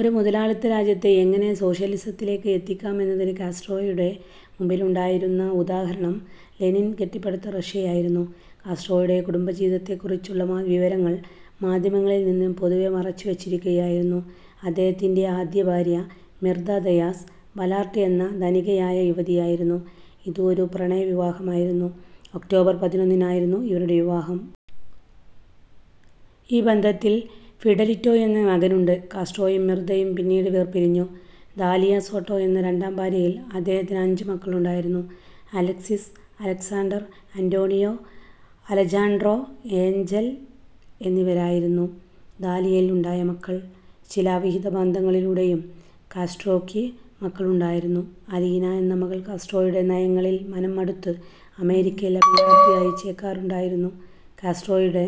ഒരു മുതലാളിത്ത രാജ്യത്തെ എങ്ങനെ സോഷ്യലിസത്തിലേക്ക് എത്തിക്കാം എന്നതിന് കാസ്ട്രോയുടെ മുമ്പിലുണ്ടായിരുന്ന ഉദാഹരണം ലെനിൻ കെട്ടിപ്പടുത്ത റഷ്യയായിരുന്നു. കാസ്ട്രോയുടെ കുടുംബജീവിതത്തെക്കുറിച്ചുള്ള വിവരങ്ങൾ മാധ്യമങ്ങളിൽ നിന്ന് പൊതുവേ മറച്ചുവെച്ചിരിക്കുകയായിരുന്നു. അദ്ദേഹത്തിൻ്റെ ആദ്യഭാര്യ മിർത ദയാസ് ബലാർട്ട് എന്ന ധനികയായ യുവതിയായിരുന്നു. ഇത് ഒരു പ്രണയവിവാഹമായിരുന്നു. ഒക്ടോബർ പതിനൊന്നിനായിരുന്നു ഇവരുടെ വിവാഹം. ഈ ബന്ധത്തിൽ ഫിഡെലിറ്റോ എന്ന മകനുണ്ട്. കാസ്ട്രോയും മിർതയും പിന്നീട് വേർപിരിഞ്ഞു. ദാലിയ സോട്ടോ എന്ന രണ്ടാം ഭാര്യയിൽ അദ്ദേഹത്തിന് അഞ്ച് മക്കളുണ്ടായിരുന്നു. Alexis, Alexander, Antonio, Alejandro, Angel എന്നിവരായിരുന്നു ദാലിയയിൽ ഉണ്ടായ മക്കൾ. ചില അവിഹിത ബന്ധങ്ങളിലൂടെയും കാസ്ട്രോയ്ക്ക് മക്കളുണ്ടായിരുന്നു. അലീന എന്ന മകൾ കാസ്ട്രോയുടെ നയങ്ങളിൽ മനംമടുത്ത് അമേരിക്കയിൽ അഭയാർത്ഥിയായി ചേക്കേറുകയുണ്ടായി. കാസ്ട്രോയുടെ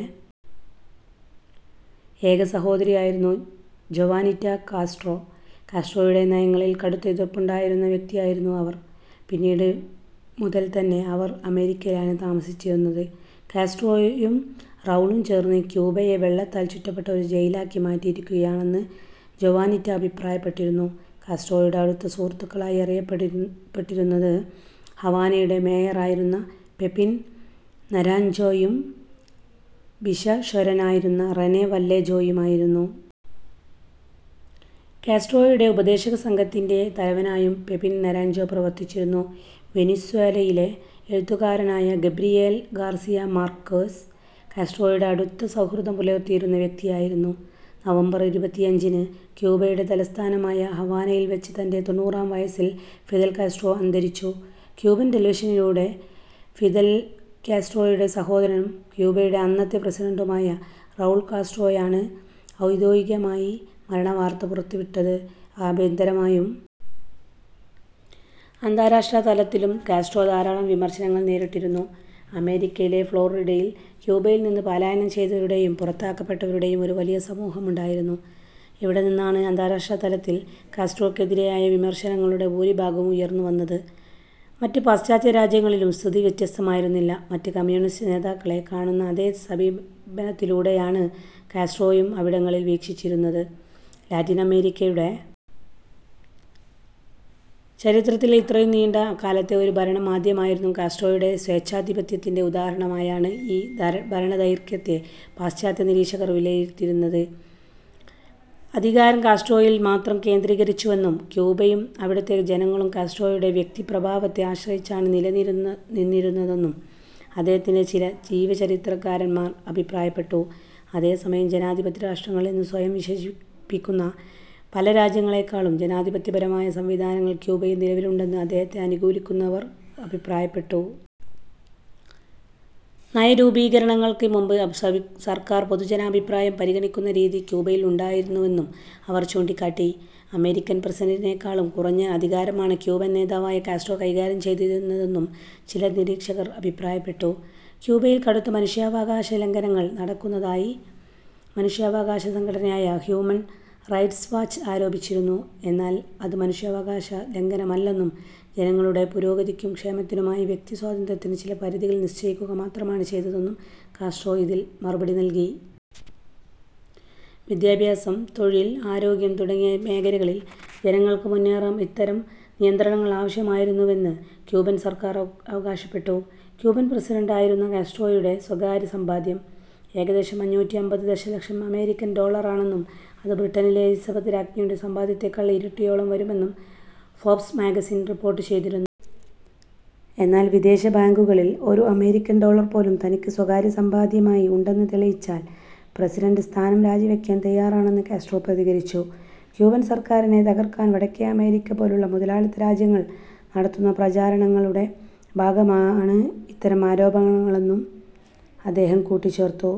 ഏക സഹോദരി ആയിരുന്നു ജോവാനിറ്റ കാസ്ട്രോ. കാസ്ട്രോയുടെ നയങ്ങളിൽ കടുത്ത എതിർപ്പുണ്ടായിരുന്ന വ്യക്തിയായിരുന്നു അവർ. പിന്നീട് മുതൽ തന്നെ അവർ അമേരിക്കയിലാണ് താമസിച്ചിരുന്നത്. കാസ്ട്രോയും റൗളും ചേർന്ന് ക്യൂബയെ വെള്ളത്താൽ ചുറ്റപ്പെട്ട ഒരു ജയിലാക്കി മാറ്റിയിരിക്കുകയാണെന്ന് ജോവാനിറ്റ അഭിപ്രായപ്പെട്ടിരുന്നു. കാസ്ട്രോയുടെ അടുത്ത സുഹൃത്തുക്കളായി അറിയപ്പെട്ടിരുന്നത് ഹവാനയുടെ മേയറായിരുന്ന പെപിൻ നരാഞ്ജോയും ഭിഷഗ്വരനായിരുന്ന റെനെ വല്ലേജോയുമായിരുന്നു. കാസ്ട്രോയുടെ ഉപദേശക സംഘത്തിൻ്റെ തലവനായും പെപിൻ നരാഞ്ജോ പ്രവർത്തിച്ചിരുന്നു. വെനിസ്വേലയിലെ എഴുത്തുകാരനായ ഗബ്രിയേൽ ഗാർസിയ മാർക്വേസ് കാസ്ട്രോയുമായി അടുത്ത സൗഹൃദം പുലർത്തിയിരുന്ന വ്യക്തിയായിരുന്നു. നവംബർ ഇരുപത്തിയഞ്ചിന് ക്യൂബയുടെ തലസ്ഥാനമായ ഹവാനയിൽ വെച്ച് തൻ്റെ തൊണ്ണൂറാം വയസ്സിൽ ഫിദൽ കാസ്ട്രോ അന്തരിച്ചു. ക്യൂബൻ ടെലിവിഷനിലൂടെ ഫിദൽ കാസ്ട്രോയുടെ സഹോദരനും ക്യൂബയുടെ അന്നത്തെ പ്രസിഡന്റുമായ റൗൾ കാസ്ട്രോയാണ് ഔദ്യോഗികമായി മരണവാർത്ത പുറത്തുവിട്ടത്. ആഭ്യന്തരമായും അന്താരാഷ്ട്ര തലത്തിലും കാസ്ട്രോ ധാരാളം വിമർശനങ്ങൾ നേരിട്ടിരുന്നു. അമേരിക്കയിലെ ഫ്ലോറിഡയിൽ ക്യൂബയിൽ നിന്ന് പലായനം ചെയ്തവരുടെയും പുറത്താക്കപ്പെട്ടവരുടെയും ഒരു വലിയ സമൂഹമുണ്ടായിരുന്നു. ഇവിടെ നിന്നാണ് അന്താരാഷ്ട്രതലത്തിൽ കാസ്ട്രോക്കെതിരായ വിമർശനങ്ങളുടെ ഭൂരിഭാഗവും ഉയർന്നുവന്നത്. മറ്റ് പാശ്ചാത്യ രാജ്യങ്ങളിലും സ്ഥിതി വ്യത്യസ്തമായിരുന്നില്ല. മറ്റ് കമ്മ്യൂണിസ്റ്റ് നേതാക്കളെ കാണുന്ന അതേ സമീപനത്തിലൂടെയാണ് കാസ്ട്രോയെയും അവിടങ്ങളിൽ വീക്ഷിച്ചിരുന്നത്. ലാറ്റിനമേരിക്കയുടെ ചരിത്രത്തിൽ ഇത്രയും നീണ്ട കാലത്തെ ഒരു ഭരണം ആദ്യമായിരുന്നു. കാസ്ട്രോയുടെ സ്വേച്ഛാധിപത്യത്തിൻ്റെ ഉദാഹരണമായാണ് ഈ ഭരണദൈർഘ്യത്തെ പാശ്ചാത്യ നിരീക്ഷകർ വിലയിരുത്തിയത്. അധികാരം കാസ്ട്രോയിൽ മാത്രം കേന്ദ്രീകരിച്ചിരുന്നുവെന്നും, ക്യൂബയും അവിടുത്തെ ജനങ്ങളും കാസ്ട്രോയുടെ വ്യക്തിപ്രഭാവത്തെ ആശ്രയിച്ചാണ് നിലനിന്നിരുന്നതെന്നും അദ്ദേഹത്തിൻ്റെ ചില ജീവചരിത്രകാരന്മാർ അഭിപ്രായപ്പെട്ടു. അതേസമയം, ജനാധിപത്യ രാഷ്ട്രങ്ങൾ എന്ന് സ്വയം വിശേഷിപ്പിക്കുന്ന പല രാജ്യങ്ങളേക്കാളും ജനാധിപത്യപരമായ സംവിധാനങ്ങൾ ക്യൂബയിൽ നിലവിലുണ്ടെന്ന് അദ്ദേഹത്തെ അനുകൂലിക്കുന്നവർ അഭിപ്രായപ്പെട്ടു. നയരൂപീകരണങ്ങൾക്ക് മുമ്പ് സർക്കാർ പൊതുജനാഭിപ്രായം പരിഗണിക്കുന്ന രീതി ക്യൂബയിൽ ഉണ്ടായിരുന്നുവെന്നും അവർ ചൂണ്ടിക്കാട്ടി. അമേരിക്കൻ പ്രസിഡന്റിനേക്കാളും കുറഞ്ഞ അധികാരമാണ് ക്യൂബൻ നേതാവായ കാസ്ട്രോ കൈകാര്യം ചെയ്തിരുന്നതെന്നും ചില നിരീക്ഷകർ അഭിപ്രായപ്പെട്ടു. ക്യൂബയിൽ കടുത്ത മനുഷ്യാവകാശ ലംഘനങ്ങൾ നടക്കുന്നതായി മനുഷ്യാവകാശ സംഘടനയായ ഹ്യൂമൻ റൈറ്റ്സ് വാച്ച് ആരോപിച്ചിരുന്നു. എന്നാൽ അത് മനുഷ്യാവകാശ ലംഘനമല്ലെന്നും, ജനങ്ങളുടെ പുരോഗതിക്കും ക്ഷേമത്തിനുമായി വ്യക്തിസ്വാതന്ത്ര്യത്തിന് ചില പരിധികൾ നിശ്ചയിക്കുക മാത്രമാണ് ചെയ്തതെന്നും കാസ്ട്രോ ഇതിന് മറുപടി നൽകി. വിദ്യാഭ്യാസം, തൊഴിൽ, ആരോഗ്യം തുടങ്ങിയ മേഖലകളിൽ ജനങ്ങൾക്ക് മുന്നേറാൻ ഇത്തരം നിയന്ത്രണങ്ങൾ ആവശ്യമായിരുന്നുവെന്ന് ക്യൂബൻ സർക്കാർ അവകാശപ്പെട്ടു. ക്യൂബൻ പ്രസിഡന്റായിരുന്ന കാസ്ട്രോയുടെ സ്വകാര്യസമ്പാദ്യം ഏകദേശം അഞ്ഞൂറ്റി അമ്പത് ദശലക്ഷം അമേരിക്കൻ ഡോളറാണെന്നും അത് ബ്രിട്ടനിലെ എലിസബത്ത് രാജ്ഞിയുടെ സമ്പാദ്യത്തേക്കാൾ ഇരട്ടിയോളം വരുമെന്നും ഫോബ്സ് മാഗസിൻ റിപ്പോർട്ട് ചെയ്തിരുന്നു. എന്നാൽ വിദേശ ബാങ്കുകളിൽ ഒരു അമേരിക്കൻ ഡോളർ പോലും തനിക്ക് സ്വകാര്യ സമ്പാദ്യമായി ഉണ്ടെന്ന് തെളിയിച്ചാൽ പ്രസിഡന്റ് സ്ഥാനം രാജിവെക്കാൻ തയ്യാറാണെന്ന് കാസ്ട്രോ പ്രതികരിച്ചു. ക്യൂബൻ സർക്കാരിനെ തകർക്കാൻ വടക്കേ അമേരിക്ക പോലുള്ള മുതലാളിത്ത രാജ്യങ്ങൾ നടത്തുന്ന പ്രചാരണങ്ങളുടെ ഭാഗമാണ് ഇത്തരം ആരോപണങ്ങളെന്നും അദ്ദേഹം കൂട്ടിച്ചേർത്തു.